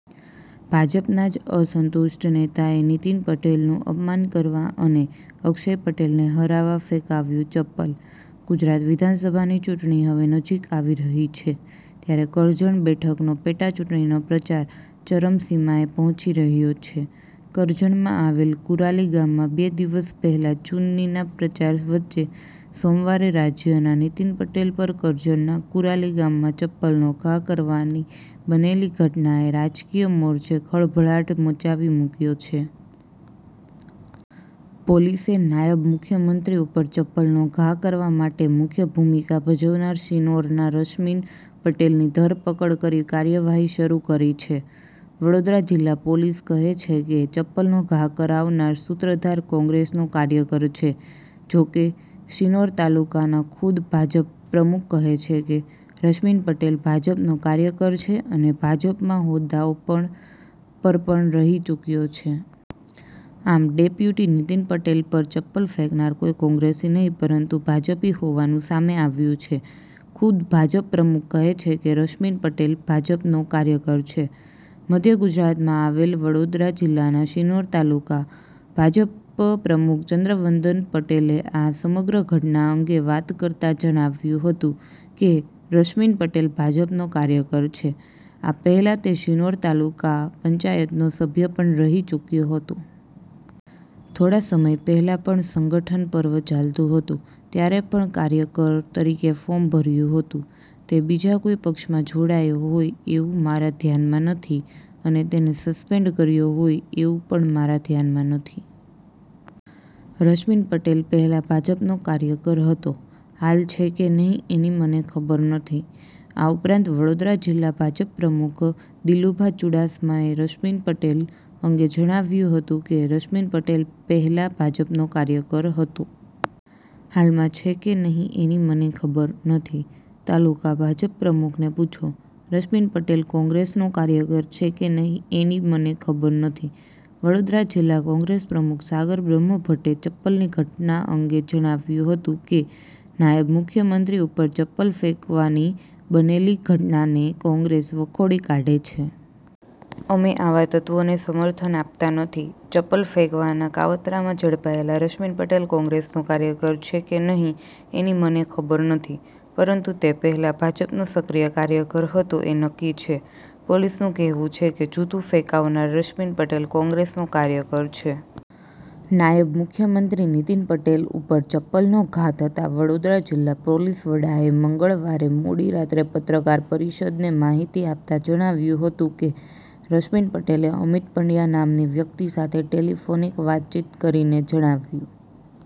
ભાજપના જ અસંતુષ્ટ નેતાએ નીતિન પટેલનું અપમાન કરવા અને અક્ષય પટેલને હરાવવા ફેંકાવ્યુ ચપ્પલ. ગુજરાત વિધાનસભાની ચુંટણી હવે નજીક આવી રહી છે. ત્યારે કરજણ બેઠકનો પેટાચૂંટણીનો પ્રચાર ચરમસીમાએ પહોંચી રહ્યો છે. કરજણમાં આવેલ કુરાલી ગામમાં બે દિવસ પહેલાં ચુત્નીના પ્રચાર વચ્ચે સોમવારે રાજ્યના નીતિન પટેલ પર કરજણના કુરાલી ગામમાં ચપ્પલનો ઘા કરવાની બનેલી ઘટનાએ રાજકીય મોરચે ખળભળાટ મચાવી મૂક્યો છે. પોલીસે નાયબ મુખ્યમંત્રી ઉપર ચપ્પલનો ઘા કરવા માટે મુખ્ય ભૂમિકા ભજવનાર શિનોરના રશ્મિન પટેલની ધરપકડ કરી કાર્યવાહી શરૂ કરી છે. વડોદરા જિલ્લા પોલીસ કહે છે કે ચપ્પલનો ઘા કરાવનાર સૂત્રધાર કોંગ્રેસનો કાર્યકર છે, જોકે, શિનોર તાલુકાના ખુદ ભાજપ-પ્રમુખ કહે છે કે, રશ્મિન પટેલ ભાજપનો કાર્યકર છે અને ભાજપમાં હોદ્દાઓ પર પણ રહી ચૂક્યો છે. આમ, ડેપ્યુટી નીતિન પટેલ પર ચપ્પલ ફેંકનાર કોઈ કોગ્રેસી નહિ પરંતુ ભાજપી હોવાનું સામે આવ્યું છે. ખુદ ભાજપ-પ્રમુખ કહે છે કે, રશ્મિન પટેલ ભાજપનો કાર્યકર છે. મધ્ય ગુજરાતમાં આવેલ વડોદરા જીલ્લાના શિનોર તાલુકા ભાજપ-પ્રમુખ ચંદ્રવદન પટેલે આ સમગ્ર ઘટના અંગે વાત કરતા જણાવ્યું હતું કે, રશ્મિન પટેલ ભાજપનો કાર્યકર છે, આ પહેલા તે શિનોર તાલુકા પંચાયતનો સભ્ય પણ રહી ચુક્યો હતો. થોડા સમય પહેલા પણ સંગઠન પર્વ ચાલતું હતું ત્યારે પણ કાર્યકર તરીકે ફોર્મ ભર્યું હતું. તે બીજા કોઇ પક્ષમાં જોડાયો હોય એવું મારા ધ્યાનમાં નથી અને તેને સસ્પેન્ડ કર્યો હોય એવું પણ મારા ધ્યાનમાં નથી. રશ્મિન પટેલ પહેલાં ભાજપનો કાર્યકર હતો, હાલ છે કે નહીં એની મને ખબર નથી. આ ઉપરાંત, વડોદરા જિલ્લા ભાજપ-પ્રમુખ દિલુભા ચૂડાસમાએ રશ્મિન પટેલ અંગે જણાવ્યું હતું કે રશ્મિન પટેલ પહેલાં ભાજપનો કાર્યકર હતો. હાલમાં છે કે નહીં એની મને ખબર નથી. તાલુકા ભાજપ-પ્રમુખને પૂછો. રશ્મિન પટેલ કોંગ્રેસનો કાર્યકર છે કે નહીં એની મને ખબર નથી વડોદરા જિલ્લા કોંગ્રેસપ્રમુખ સાગર બ્રહ્મભટ્ટે ચપ્પલની ઘટના અંગે જણાવ્યું હતું કે, નાયબ મુખ્યમંત્રી ઉપર ચપ્પલ ફેંકવાની બનેલી ઘટનાને કોંગ્રેસ વખોડી કાઢે છે. અમે આવાં તત્ત્વોને સમર્થન આપતા નથી. ચપ્પલ ફેંકવાના કાવતરામાં ઝડપાયેલા રશ્મિન પટેલ કોંગ્રેસનો કાર્યકર છે કે, નહીં એની મને ખબર નથી, પરંતુ તે પહેલાં ભાજપનો સક્રિય કાર્યકર હતો એ નક્કી છે. પોલીસનું કહેવું છે કે, જૂતું ફેંકાવનાર રશ્મિન પટેલ કોંગ્રેસનો કાર્યકર છે. નાયબ મુખ્યમંત્રી નીતિન પટેલ ઉપર ચપ્પલનો ઘા થતાં વડોદરા જિલ્લા પોલીસવડાએ મંગળવારે મોડી રાત્રે પત્રકાર પરિષદને માહિતી આપતાં જણાવ્યું હતું કે રશ્મિન પટેલે અમિત પંડ્યા નામની વ્યક્તિ સાથે ટેલિફોનિક વાતચીત કરીને જણાવ્યું